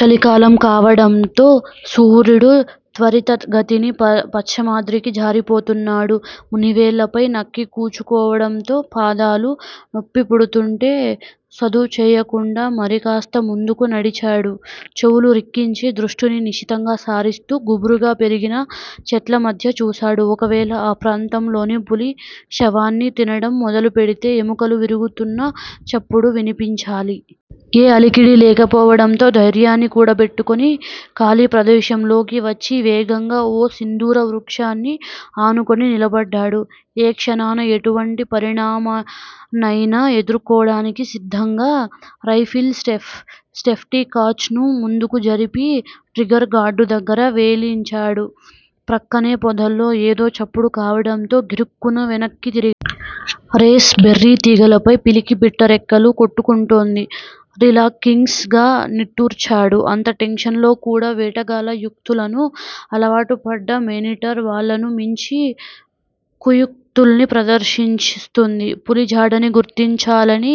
చలికాలం కావటంతో సూర్యుడు త్వరితగతిని పశ్చిమాద్రికి జారిపోతున్నాడు. మునివేళ్ళపై నక్కికూచోవడంతో పాదాలు నొప్పిపుడుతుంటే సదుచేయకుండా మరి కాస్త ముందుకు నడిచాడు. చెవులు రిక్కించి, దృష్టిని నిశితంగా సారిస్తూ గుబురుగా పెరిగిన చెట్లమధ్యకు చూశాడు. ఒకవేళ ఆ ప్రాంతంలోనే పులి శవాన్ని తినడం మొదలుపెడితే ఎముకలు విరుగుతున్న చప్పుడు వినిపించాలి. ఏ అలికిడీ లేకపోవడంతో, దైర్యాన్ని కూడగట్టుకుని ఖాళీ ప్రదేశంలోకి వచ్చి వేగంగా ఓ సింధూర వృక్షాన్ని ఆనుకుని నిలబడ్డాడు. ఏ క్షణాన ఎటువంటి పరిణామాన్నయినా ఎదుర్కోడానికి సిద్ధంగా రైఫిల్ సేప్టీ కాచ్ ను ముందుకు జరిపి ట్రిగ్గర్ గార్డు దగ్గర వేలినుంచాడు. పక్కనే పొదల్లో ఏదో చప్పుడు కావడంతో గిరుక్కున వెనక్కి తిరిగాడు. రేస్ బెర్రీ తీగలపై పికిలిపిట్ట రెక్కలు కొట్టుకుంటోంది. రిలాక్సింగ్ గా నిట్టూర్చాడు. అంత టెన్షన్ లో కూడా! వేటగాళ్ళ యుక్తులకు అలవాటుపడ్డ మేనీటర్ వాళ్ళను మించి కుయుక్తుల్ని ప్రదర్శిస్తుంది. పులి జాడని గుర్తించాలని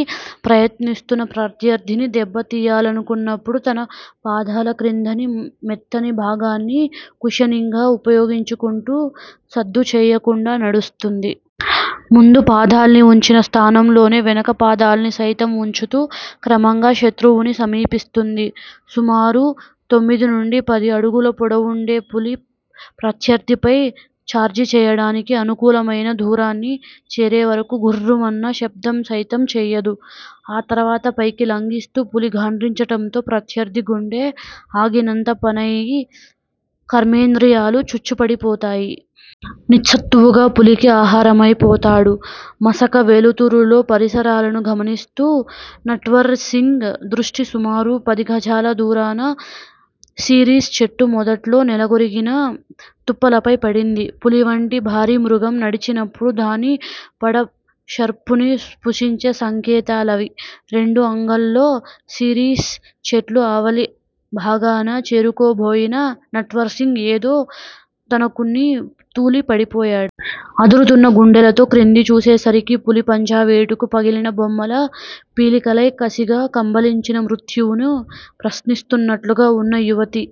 ప్రయత్నిస్తున్న ప్రత్యర్థిని దెబ్బ తీయాలనుకున్నపుడు తన పాదాల క్రిందని మెత్తని భాగాన్ని కుషనింగ్ గా ఉపయోగించుకుంటూ సద్దుచేయకుండా నడుస్తుంది. ముందు పాదాల్ని ఉంచిన స్థానంలోనే వెనక పాదాల్ని సైతం ఉంచుతూ క్రమంగా శతృవును సమీపిస్తుంది. సుమారు తొమ్మిది నుంచీ పది అడుగుల పొడవుండే పులి ప్రత్యర్ధిపై ఛార్జిచేయడానికి అనుకూలమైన దూరాన్ని చేరేవరకూ గుర్రుమన్న శబ్దాన్ని సైతం చేయదు. ఆ తర్వాత పైకి లంఘింస్తూ పులి గాండ్రించడంతో ప్రత్యర్ధి గుండె ఆగినంతపనై కర్మేంద్రియాలన్నీ చచ్చుపడిపోతాయి. నిస్సత్తువగా పులికి ఆహారమైపోతాడు. మసక వెలుతురులో పరిసరాలను గమనిస్తున్న నట్వర్ సింగ్ దృష్టి సుమారు పది గజాల దూరాన సిరీస్ చెట్టుమొదట్లో నేలకొరిగిన తుప్పలపై పడింది. పులివంటి భారీ మృగం నడిచినపుడు దాని పడఘర్పున్ని సూచించే సంకేతాలవి. రెండు అంగల్లో సిరీస్ చెట్టు ఆవలి భాగాన చేరుకోబోయిన నట్వర్ సింగ్ ఏదో తన్నుకుని తూలి పడబోయాడు. అదురుతున్న గుండెతో క్రిందికి చూసేసరికి__ పులి పంజా వేటుకి పగిలిన బొమ్మలా పీలికలై కసిగా కబళించిన మృత్యువును ప్రశ్నిస్తున్నట్టుగా ఉన్న యువతి.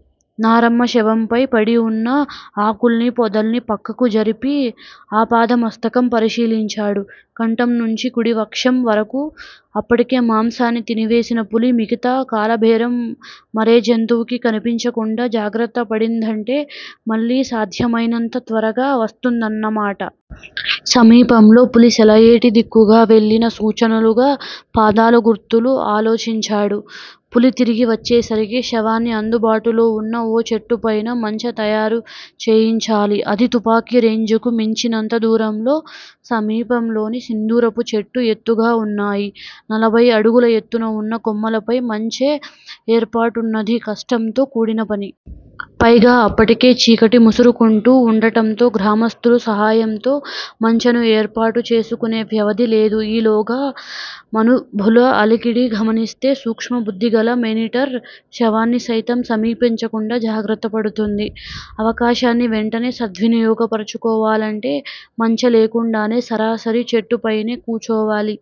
నారమ్మ శవంపై పడి వున్న ఆకుల్ని, పొదల్ని పక్కకు జరిపి ఆపాదమస్తకం పరిశీలించాడు. కంఠం నుంచి కుడి వక్షం వరకూ అప్పటికే మాంసాన్ని తిని వేసిన పులి_మిగతా కళేబరం మరే జంతువుకీ కనిపించకుండా జాగ్రత్త పడిందంటే మళ్ళీ సాధ్యమైనంత త్వరలో వస్తుందన్నమాట. సమీపంలో పులి సెలయేటి దిక్కుగా వెళ్ళిన సూచనగా పాదాల గుర్తులు. ఆలోచించాడు. పులి తిరిగి వచ్చేసరికి శవానికి అందుబాటులో వున్న ఓ చెట్టుపై మంచె తయారు చేయించాలి _అదీ తుపాకి రేంజ్ కు మించినంత దూరంలో సమీపంలోని సింధూరపు చెట్లు ఎత్తుగా వున్నాయి. నలభై అడుగుల యెత్తున ఉన్న కొమ్మలపై మంచె ఏర్పాటున్నది కష్టంతో కూడినపని. పైగా అప్పటికే చీకటి ముసురుకుంటూ ఉండటంతో గ్రామస్థుల సహాయంతో మంచెను ఏర్పాటు చేసుకునే వ్యవధి లేదు. ఈలోగా మనుభుల అలికిడి గమనిస్తే సూక్ష్మబుద్ధిగల మేనీటర్ శవాన్ని సైతం సమీపించకుండా జాగ్రత్త పడుతుంది. అవకాశాన్ని వెంటనే సద్వినియోగ పరచుకోవాలంటే మంచె లేకుండానే సరాసరి చెట్టుపయినే కూచోవాలి.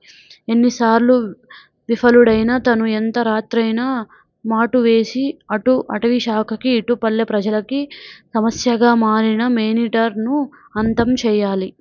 ఎన్నోసార్లు విఫలుడైన తను ఎంత రాత్రయినా మాటువేసి అటు అటవీశాఖకి, ఇటు పల్లె ప్రజలకి సమస్యగా మారిన మేనీటర్ ను అంతం చేయాలి.